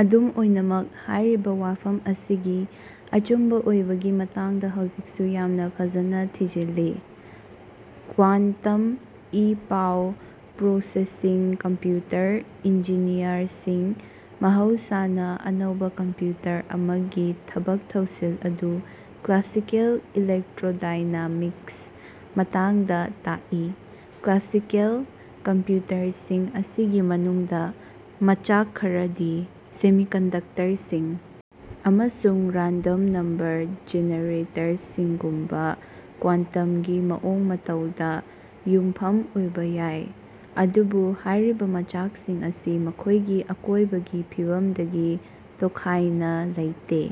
ꯑꯗꯨꯝ ꯑꯣꯏꯅꯃꯛ, ꯍꯥꯏꯔꯤꯕ ꯋꯥꯐꯝ ꯑꯁꯤꯒꯤ ꯑꯆꯨꯝꯕ ꯑꯣꯏꯕꯒꯤ ꯃꯇꯥꯡꯗ ꯍꯧꯖꯤꯛꯁꯨ ꯌꯥꯝꯅ ꯐꯖꯅ ꯊꯤꯖꯤꯜꯂꯤ꯫ ꯀ꯭ꯋꯥꯟꯇꯝ ꯏ-ꯄꯥꯎ ꯄ꯭ꯔꯣꯁꯦꯁꯤꯡ ꯀꯝꯄ꯭ꯌꯨꯇꯔ ꯏꯟꯖꯤꯅꯤꯌꯔꯁꯤꯡ ꯃꯍꯧꯁꯥꯅ ꯑꯅꯧꯕ ꯀꯝꯄ꯭ꯌꯨꯇꯔ ꯑꯃꯒꯤ ꯊꯕꯛ-ꯊꯧꯁꯤꯜ ꯑꯗꯨ ꯀ꯭ꯂꯥꯁꯤꯀꯦꯜ ꯏꯂꯦꯛꯇ꯭ꯔꯣꯗꯥꯏꯅꯥꯃꯤꯛꯁ ꯃꯇꯥꯡꯗ ꯇꯥꯛꯏ꯫"ꯀ꯭ꯂꯥꯁꯤꯀꯦꯜ" ꯀꯝꯄ꯭ꯌꯨꯇꯔꯁꯤꯡ ꯑꯁꯤꯒꯤ ꯃꯅꯨꯡꯗ, ꯃꯆꯥꯛ ꯈꯔꯗꯤ (ꯁꯦꯃꯤꯀꯟꯗꯛꯇꯔꯁꯤꯡ ꯑꯃꯁꯨꯡ ꯔꯥꯟꯗꯣꯝ ꯅꯝꯕꯔ ꯖꯤꯅꯔꯦꯇꯔꯁꯤꯡꯒꯨꯝꯕ) ꯀ꯭ꯋꯥꯟꯇꯝꯒꯤ ꯃꯑꯣꯡ-ꯃꯇꯧꯗ ꯌꯨꯝꯐꯝ ꯑꯣꯏꯕ ꯌꯥꯏ, ꯑꯗꯨꯕꯨ ꯍꯥꯏꯔꯤꯕ ꯃꯆꯥꯛꯁꯤꯡ ꯑꯁꯤ ꯃꯈꯣꯏꯒꯤ ꯑꯀꯣꯏꯕꯒꯤ ꯐꯤꯚꯝꯗꯒꯤ ꯇꯣꯈꯥꯏꯅ ꯂꯩꯇꯦ,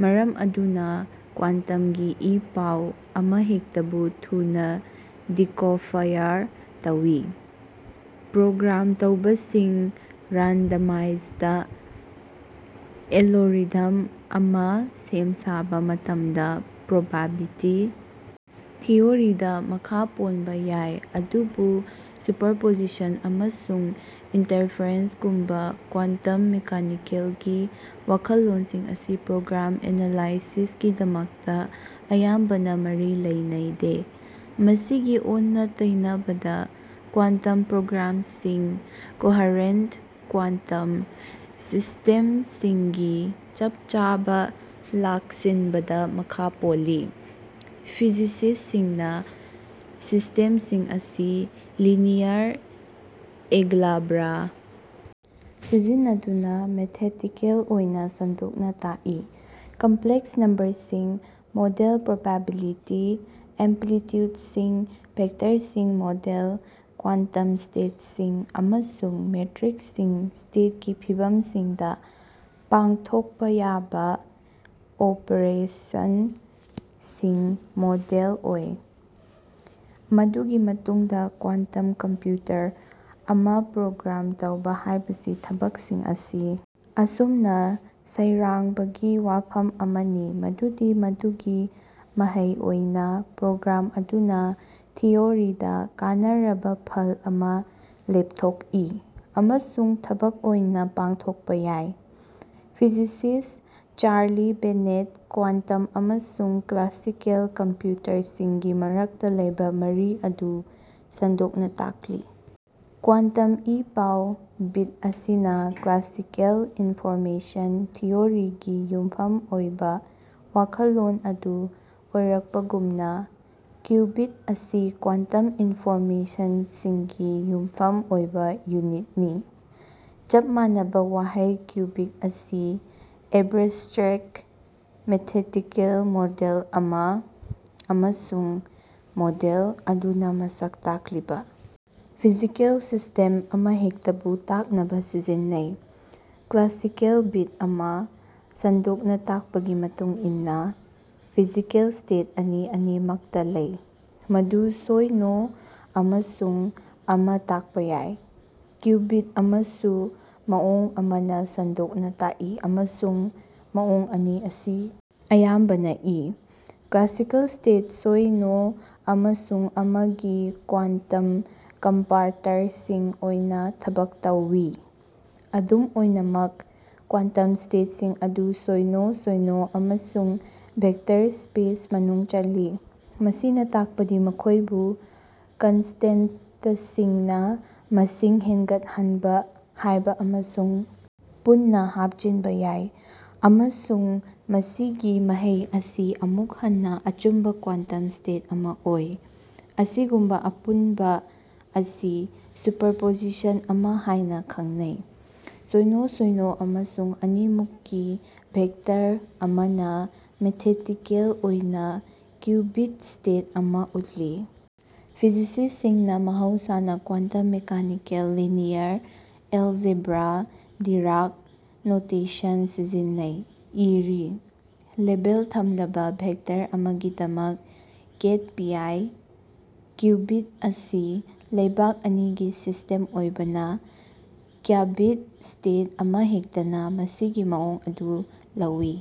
ꯃꯔꯝ ꯑꯗꯨꯅ ꯀ꯭ꯋꯥꯟꯇꯝꯒꯤ ꯏ-ꯄꯥꯎ ꯑꯃꯍꯦꯛꯇꯕꯨ ꯊꯨꯅ ꯗꯤꯀꯣꯐꯌꯔ ꯇꯧꯋꯤ꯫ꯄ꯭ꯔꯣꯒ꯭ꯔꯥꯝ ꯇꯧꯕꯁꯤꯡ ꯔꯥꯟꯗꯃꯥꯏꯖꯗ ꯑꯦꯂꯣꯔꯤꯊꯝ ꯑꯃ ꯁꯦꯝꯁꯥꯕ ꯃꯇꯝꯗ ꯄ꯭ꯔꯣꯕꯥꯕꯤꯇꯤ ꯊꯤꯑꯣꯔꯤꯗ ꯃꯈꯥ ꯄꯣꯟꯕ ꯌꯥꯏ ꯑꯗꯨꯕꯨ ꯁꯨꯄꯔꯄꯣꯖꯤꯁꯟ ꯑꯃꯁꯨꯡ ꯏꯟꯇꯔꯐꯔꯦꯟꯁꯒꯨꯝꯕ ꯀ꯭ꯋꯥꯟꯇꯝ ꯃꯦꯀꯥꯅꯤꯀꯦꯜꯒꯤ ꯋꯥꯈꯜꯂꯣꯟꯁꯤꯡ ꯑꯁꯤ ꯄ꯭ꯔꯣꯒ꯭ꯔꯥꯝ ꯑꯦꯅꯥꯂꯥꯏꯁꯤꯁꯀꯤꯗꯃꯛꯇ ꯑꯌꯥꯝꯕꯅ ꯃꯔꯤ ꯂꯩꯅꯩꯗꯦ꯫ ꯃꯁꯤꯒꯤ ꯑꯣꯟꯅ-ꯇꯩꯅꯕꯗ, ꯀ꯭ꯋꯥꯟꯇꯝ ꯄ꯭ꯔꯣꯒ꯭ꯔꯥꯝꯁꯤꯡ ꯀꯣꯍꯔꯦꯟꯠ ꯀ꯭ꯋꯥꯟꯇꯝ ꯁꯤꯁ꯭ꯇꯦꯝꯁꯤꯡꯒꯤ ꯆꯞ-ꯆꯥꯕ ꯂꯥꯛꯁꯤꯟꯕꯗ ꯃꯈꯥ ꯄꯣꯜꯂꯤ꯫ ꯐꯤꯖꯤꯁꯤꯁꯁꯤꯡꯅ ꯁꯤꯁꯇꯦꯝꯁꯤꯡ ꯑꯁꯤ ꯂꯤꯅꯤꯌꯔ ꯑꯦꯒ꯭ꯂꯥꯕ꯭ꯔꯥ ꯁꯤꯖꯤꯟꯅꯗꯨꯅ ꯃꯦꯊꯦꯇꯤꯀꯦꯜ ꯑꯣꯏꯅ ꯁꯟꯗꯣꯛꯅ ꯇꯥꯛꯏ꯫ ꯀꯝꯄ꯭ꯂꯦꯛꯁ ꯅꯝꯕꯔꯁꯤꯡ ꯃꯣꯗꯦꯜ ꯄ꯭ꯔꯣꯕꯥꯕꯤꯂꯤꯇꯤ ꯑꯝꯄ꯭ꯂꯤꯇ꯭ꯌꯨꯗꯁꯤꯡ, ꯚꯦꯛꯇꯔꯁꯤꯡ ꯃꯣꯗꯜ ꯀ꯭ꯋꯥꯟꯇꯝ ꯁ꯭ꯇꯦꯠꯁꯤꯡ, ꯑꯃꯁꯨꯡ ꯃꯦꯇ꯭ꯔꯤꯛꯁꯤꯡ ꯁ꯭ꯇꯦꯠꯀꯤ ꯐꯤꯕꯝꯁꯤꯡꯗ ꯄꯥꯡꯊꯣꯛꯄ ꯌꯥꯕ ꯑꯣꯄꯔꯦꯁꯟꯁꯤꯡ ꯃꯣꯗꯦꯜ ꯑꯣꯏ꯫ ꯃꯗꯨꯒꯤ ꯃꯇꯨꯡꯗ ꯀ꯭ꯋꯥꯟꯇꯝ ꯀꯝꯄ꯭ꯌꯨꯇꯔ ꯑꯃ ꯄ꯭ꯔꯣꯒ꯭ꯔꯥꯝ ꯇꯧꯕ ꯍꯥꯏꯕꯁꯤ ꯊꯕꯛꯁꯤꯡ ꯑꯁꯤ ꯑꯁꯨꯝꯅ ꯁꯩꯔꯥꯡꯕꯒꯤ ꯋꯥꯐꯝ ꯑꯃꯅꯤ ꯃꯗꯨꯗꯤ ꯃꯗꯨꯒꯤ ꯃꯍꯩ ꯑꯣꯏꯅ ꯄ꯭ꯔꯣꯒ꯭ꯔꯥꯝ ꯑꯗꯨꯅ ꯊꯤꯑꯣꯔꯤꯗ ꯀꯥꯟꯅꯔꯕ ꯐꯜ ꯑꯃ ꯂꯦꯞꯊꯣꯛꯏ ꯑꯃꯁꯨꯡ ꯊꯕꯛ ꯑꯣꯏꯅ ꯄꯥꯡꯊꯣꯛꯄ ꯌꯥꯏ꯫ ꯐꯤꯖꯤꯁꯤꯁ ꯆꯥꯔꯂꯤ ꯕꯦꯅꯦꯠ ꯀ꯭ꯋꯥꯟꯇꯝ ꯑꯃꯁꯨꯡ ꯀ꯭ꯂꯥꯁꯤꯀꯦꯜ ꯀꯝꯄ꯭ꯌꯨꯇꯔꯁꯤꯡꯒꯤ ꯃꯔꯛꯇ ꯂꯩꯕ ꯃꯔꯤ ꯑꯗꯨ ꯁꯟꯗꯣꯛꯅ ꯇꯥꯛꯂꯤ, ꯀ꯭ꯋꯥꯟꯇꯝ ꯏ-ꯄꯥꯎ ꯕꯤꯠ ꯑꯁꯤꯅ ꯀ꯭ꯂꯥꯁꯤꯀꯦꯜ ꯏꯟꯐꯣꯔꯃꯦꯁꯟ ꯊꯤꯑꯣꯔꯤꯒꯤ ꯌꯨꯝꯐꯝ ꯑꯣꯏꯕ ꯋꯥꯈꯜꯂꯣꯟ ꯑꯗꯨ ꯑꯣꯏꯔꯛꯄꯒꯨꯝꯅ, ꯀ꯭ꯌꯨꯕꯤꯠ ꯑꯁꯤ ꯀ꯭ꯋꯥꯟꯇꯝ ꯏꯟꯐꯣꯔꯃꯦꯁꯟꯁꯤꯡꯒꯤ ꯌꯨꯝꯐꯝ ꯑꯣꯏꯕ ꯌꯨꯅꯤꯠꯅꯤ꯫ ꯆꯞ ꯃꯥꯟꯅꯕ ꯋꯥꯍꯩ ꯀ꯭ꯌꯨꯕꯤꯛ ꯑꯁꯤ ꯑꯦꯕ꯭ꯔꯁ꯭ꯇ꯭ꯔꯦꯛ ꯃꯦꯊꯦꯇꯤꯀꯦꯜ ꯃꯣꯗꯦꯜ ꯑꯃ ꯑꯃꯁꯨꯡ ꯃꯣꯗꯦꯜ ꯑꯗꯨꯅ ꯃꯁꯛ ꯇꯥꯛꯂꯤꯕ ꯐꯤꯖꯤꯀꯦꯜ ꯁꯤꯁ꯭ꯇꯦꯝ ꯑꯃꯍꯦꯛꯇꯕꯨ ꯇꯥꯛꯅꯕ ꯁꯤꯖꯤꯟꯅꯩ꯫ ꯀ꯭ꯂꯥꯁꯤꯀꯦꯜ ꯕꯤꯠ ꯑꯃ, ꯁꯟꯗꯣꯛꯅ ꯇꯥꯛꯄꯒꯤ ꯃꯇꯨꯡ ꯏꯟꯅ, ꯐꯤꯖꯤꯀꯦꯜ ꯁ꯭ꯇꯦꯠ ꯑꯅꯤ ꯑꯅꯤꯃꯛꯇ ꯂꯩ, ꯃꯗꯨ ꯁꯣꯏꯅꯣ ꯑꯃꯁꯨꯡ ꯑꯃ ꯇꯥꯛꯄ ꯌꯥꯏ꯫ ꯀ꯭ꯌꯨꯕꯤꯠ ꯑꯃꯁꯨ ꯃꯑꯣꯡ ꯑꯃꯅ ꯁꯟꯗꯣꯛꯅ ꯇꯥꯛꯏ, ꯑꯃꯁꯨꯡ ꯃꯑꯣꯡ ꯑꯅꯤ ꯑꯁꯤ ꯑꯌꯥꯝꯕꯅ ꯏ꯫ ꯀ꯭ꯂꯥꯁꯤꯀꯦꯜ ꯁ꯭ꯇꯦꯠ ꯁꯣꯏꯅꯣ ꯑꯃꯁꯨꯡ ꯑꯃ ꯒꯤ ꯀ꯭ꯋꯥꯟꯇꯝ ꯀꯝꯄꯥꯔꯇꯔꯁꯤꯡ ꯑꯣꯏꯅ ꯊꯕꯛ ꯇꯧꯋꯤ꯫ ꯑꯗꯨꯝ ꯑꯣꯏꯅꯃꯛ, ꯀ꯭ꯋꯥꯟꯇꯝ ꯁ꯭ꯇꯦꯠꯁꯤꯡ ꯑꯗꯨ ꯁꯣꯏꯅꯣ ꯁꯣꯏꯅꯣ ꯑꯃꯁꯨꯡ ꯚꯦꯛꯇꯔ ꯁ꯭ꯄꯦꯁ ꯃꯅꯨꯡ ꯆꯜꯂꯤ, ꯃꯁꯤꯅ ꯇꯥꯛꯄꯗꯤ ꯃꯈꯣꯏꯕꯨ ꯀꯟꯁꯇꯦꯟꯇꯁꯤꯡꯅ ꯃꯁꯤꯡ ꯍꯦꯟꯒꯠꯍꯟꯕ ꯌꯥꯏ ꯑꯃꯁꯨꯡ ꯄꯨꯟꯅ ꯍꯥꯞꯆꯤꯟꯕ ꯌꯥꯏ, ꯑꯃꯁꯨꯡ ꯃꯁꯤꯒꯤ ꯃꯍꯩ ꯑꯁꯤ ꯑꯃꯨꯛ ꯍꯟꯅ ꯑꯆꯨꯝꯕ ꯀ꯭ꯋꯥꯟꯇꯝ ꯁ꯭ꯇꯦꯠ ꯑꯃ ꯑꯣꯏ꯫ ꯑꯁꯤꯒꯨꯝꯕ ꯑꯄꯨꯟꯕ ꯑꯁꯤ ꯁꯨꯄꯔꯄꯣꯖꯤꯁꯟ ꯑꯃ ꯍꯥꯏꯅ ꯈꯪꯅꯩ꯫ ꯁꯣꯏꯅꯣ ꯁꯣꯏꯅꯣ ꯑꯃꯁꯨꯡ ꯑꯅꯤꯃꯨꯛꯀꯤ ꯚꯦꯛꯇꯔ ꯑꯃꯅ ꯃꯦꯊꯦꯇꯤꯀꯦꯜ ꯑꯣꯏꯅ ꯀ꯭ꯌꯨꯕꯤꯠ ꯁ꯭ꯇꯦꯠ ꯑꯃ ꯎꯠꯂꯤ꯫ ꯐꯤꯖꯤꯁꯤꯁꯁꯤꯡꯅ ꯃꯍꯧꯁꯥꯅ quantum mechanical linear algebra Dirac notation ꯁꯤꯖꯤꯟꯅꯩ, ꯏꯔꯤ꯫ ꯂꯦꯕꯦꯜ ꯊꯝꯂꯕ ꯚꯦꯛꯇꯔ ꯑꯃꯒꯤꯗꯃꯛ 'ꯀꯦꯠ ꯄꯤꯑꯏ'꯫ ꯀ꯭ꯌꯨꯕꯤꯠ ꯑꯁꯤ ꯂꯩꯕꯥꯛ ꯑꯅꯤꯒꯤ ꯁꯤꯁꯇꯦꯝ ꯑꯣꯏꯕꯅ, ꯀ꯭ꯌꯕꯤꯠ ꯁ꯭ꯇꯦꯠ ꯑꯃꯍꯦꯛꯇꯅ ꯃꯁꯤꯒꯤ ꯃꯑꯣꯡ ꯑꯗꯨ ꯂꯧꯋꯤ꯫